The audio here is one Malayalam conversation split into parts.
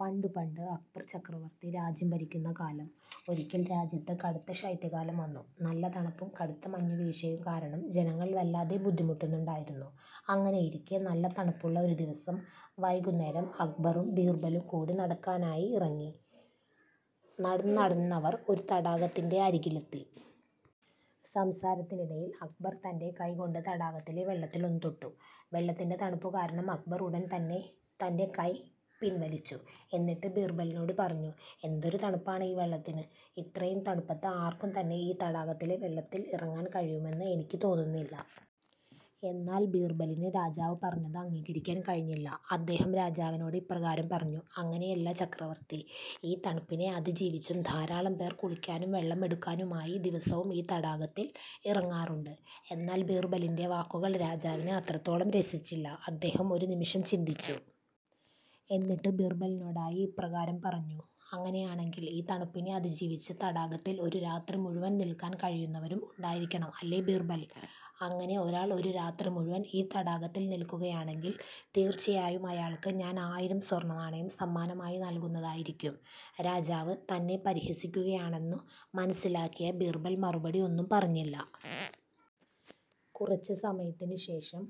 പണ്ടു പണ്ട് അക്ബർ ചക്രവർത്തി രാജ്യം ഭരിക്കുന്ന കാലം. ഒരിക്കൽ രാജ്യത്ത് കടുത്ത ശൈത്യകാലം വന്നു. നല്ല തണുപ്പും കടുത്ത മഞ്ഞുവീഴ്ചയും കാരണം ജനങ്ങൾ വല്ലാതെ ബുദ്ധിമുട്ടുന്നുണ്ടായിരുന്നു. അങ്ങനെയിരിക്കെ നല്ല തണുപ്പുള്ള ഒരു ദിവസം വൈകുന്നേരം അക്ബറും ബീർബലും കൂടി നടക്കാനായി ഇറങ്ങി. നടന്നു നടന്നവർ ഒരു തടാകത്തിന്റെ അരികിലെത്തി. സംസാരത്തിനിടയിൽ അക്ബർ തന്റെ കൈ കൊണ്ട് തടാകത്തിലെ വെള്ളത്തിൽ ഒന്നു തൊട്ടു. വെള്ളത്തിന്റെ തണുപ്പു കാരണം അക്ബർ ഉടൻ തന്നെ തന്റെ കൈ പിൻവലിച്ചു. എന്നിട്ട് ബീർബലിനോട് പറഞ്ഞു "എന്തൊരു തണുപ്പാണ് ഈ വെള്ളത്തിന്. ഇത്രയും തണുപ്പത്ത് ആർക്കും തന്നെ ഈ തടാകത്തിലെ വെള്ളത്തിൽ ഇറങ്ങാൻ കഴിയുമെന്നു എനിക്ക് തോന്നുന്നില്ല. " എന്നാൽ ബീർബലിന് രാജാവ് പറഞ്ഞതു അംഗീകരിക്കാൻ കഴിഞ്ഞില്ല. അദ്ദേഹം രാജാവിനോട് ഇപ്രകാരം പറഞ്ഞു "അങ്ങനെയല്ല ചക്രവർത്തി ഈ തണുപ്പിനെ അതിജീവിച്ചും ധാരാളം പേർ കുളിക്കാനും വെള്ളം എടുക്കാനുമായി ദിവസവും ഈ തടാകത്തിൽ ഇറങ്ങാറുണ്ട്. " എന്നാൽ ബീർബലിന്റെ വാക്കുകൾ രാജാവിന് അത്രത്തോളം രസിച്ചില്ല. അദ്ദേഹം ഒരു നിമിഷം ചിന്തിച്ചു. എന്നിട്ടു ബീർബലിനോടായി ഇപ്രകാരം പറഞ്ഞു "അങ്ങനെയാണെങ്കിൽ ഈ തണുപ്പിനെ അതിജീവിച്ച് തടാകത്തിൽ ഒരു രാത്രി മുഴുവൻ നിൽക്കാൻ കഴിയുന്നവരും ഉണ്ടായിരിക്കണം അല്ലേ ബീർബൽ? അങ്ങനെ ഒരാൾ ഒരു രാത്രി മുഴുവൻ ഈ തടാകത്തിൽ നിൽക്കുകയാണെങ്കിൽ തീർച്ചയായും അയാൾക്ക് ഞാൻ ആയിരം സ്വർണനാണയം സമ്മാനമായി നൽകുന്നതായിരിക്കും. " രാജാവ് തന്നെ പരിഹസിക്കുകയാണെന്നു മനസിലാക്കിയ ബീർബൽ മറുപടി ഒന്നും പറഞ്ഞില്ല. കുറച്ചു സമയത്തിന് ശേഷം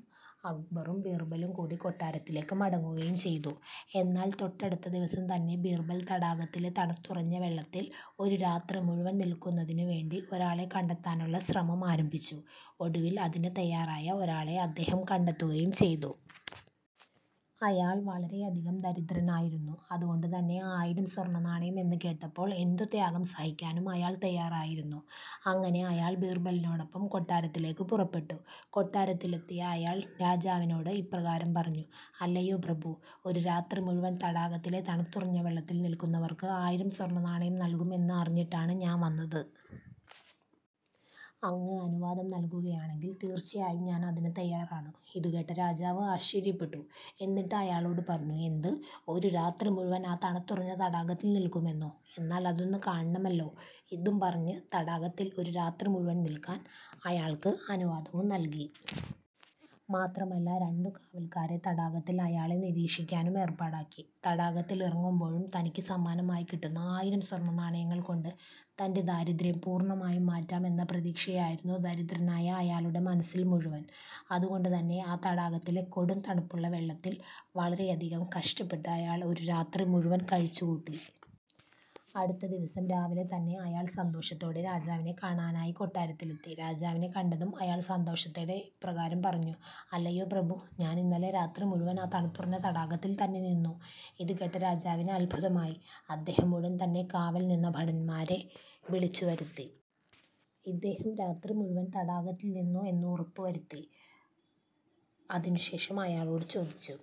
അക്ബറും ബീർബലും കൂടി കൊട്ടാരത്തിലേക്ക് മടങ്ങുകയും ചെയ്തു. എന്നാൽ തൊട്ടടുത്ത ദിവസം തന്നെ ബീർബൽ തടാകത്തിലെ തണുത്തുറഞ്ഞ വെള്ളത്തിൽ ഒരു രാത്രി മുഴുവൻ നിൽക്കുന്നതിനു വേണ്ടി ഒരാളെ കണ്ടെത്താനുള്ള ശ്രമം ആരംഭിച്ചു. ഒടുവിൽ അതിനു തയ്യാറായ ഒരാളെ അദ്ദേഹം കണ്ടെത്തുകയും ചെയ്തു. അയാൾ വളരെയധികം ദരിദ്രനായിരുന്നു. അതുകൊണ്ടു തന്നെ ആയിരം സ്വർണനാണയം എന്ന് കേട്ടപ്പോൾ എന്തു ത്യാഗം സഹിക്കാനും അയാൾ തയ്യാറായിരുന്നു. അങ്ങനെ അയാൾ ബീർബലിനോടൊപ്പം കൊട്ടാരത്തിലേക്ക് പുറപ്പെട്ടു. കൊട്ടാരത്തിലെത്തിയ അയാൾ രാജാവിനോനോട് ഇപ്രകാരം പറഞ്ഞു. "അല്ലയോ പ്രഭു, ഒരു രാത്രി മുഴുവൻ തടാകത്തിലെ തണുത്തുറഞ്ഞ വെള്ളത്തിൽ നിൽക്കുന്നവർക്ക് ആയിരം സ്വർണനാണയം നൽകും എന്ന് അറിഞ്ഞിട്ടാണ് ഞാൻ വന്നത്. അങ്ങ് അനുവാദം നൽകുകയാണെങ്കിൽ തീർച്ചയായും ഞാൻ അതിന് തയ്യാറാണ്. " ഇതു കേട്ട രാജാവ് ആശ്ചര്യപ്പെട്ടു. എന്നിട്ട് അയാളോട് പറഞ്ഞു "എന്ത് ഒരു രാത്രി മുഴുവൻ ആ തണുത്തുറഞ്ഞ തടാകത്തിൽ നിൽക്കുമെന്നോ? എന്നാൽ അതൊന്നു കാണണമല്ലോ. " ഇതും പറഞ്ഞു തടാകത്തിൽ ഒരു രാത്രി മുഴുവൻ നിൽക്കാൻ അയാൾക്ക് അനുവാദവും നൽകി. മാത്രമല്ല രണ്ടു കാവൽക്കാരെ തടാകത്തിൽ അയാളെ നിരീക്ഷിക്കാനും ഏർപ്പാടാക്കി. തടാകത്തിൽ ഇറങ്ങുമ്പോഴും തനിക്കു സമ്മാനമായി കിട്ടുന്ന ആയിരം സ്വർണനാണയങ്ങൾ കൊണ്ട് തന്റെ ദാരിദ്യം പൂർണമായും മാറ്റാം എന്ന പ്രതീക്ഷയായിരുന്നു ദരിദ്രനായ അയാളുടെ മനസ്സിൽ മുഴുവൻ. അതുകൊണ്ടു തന്നെ ആ തടാകത്തിലെ കൊടും തണുപ്പുള്ള വെള്ളത്തിൽ വളരെയധികം കഷ്ടപ്പെട്ട് അയാൾ ഒരു രാത്രി മുഴുവൻ കഴിച്ചു കൂട്ടി. അടുത്ത ദിവസം രാവിലെ തന്നെ അയാൾ സന്തോഷത്തോടെ രാജാവിനെ കാണാനായി കൊട്ടാരത്തിലെത്തി. രാജാവിനെ കണ്ടതും അയാൾ സന്തോഷത്തോടെ ഇപ്രകാരം പറഞ്ഞു. "അല്ലയോ പ്രഭു, ഞാൻ ഇന്നലെ രാത്രി മുഴുവൻ ആ തണുത്തുറഞ്ഞ തടാകത്തിൽ തന്നെ നിന്നു. " ഇതു കേട്ട രാജാവിന് അത്ഭുതമായി. അദ്ദേഹം ഉടൻ തന്നെ കാവൽ നിന്ന ഭടന്മാരെ വിളിച്ചു വരുത്തി. ഇദ്ദേഹം രാത്രി മുഴുവൻ തടാകത്തിൽ നിന്നു എന്ന് ഉറപ്പു വരുത്തി. അതിനു ശേഷം അയാളോട് ചോദിച്ചു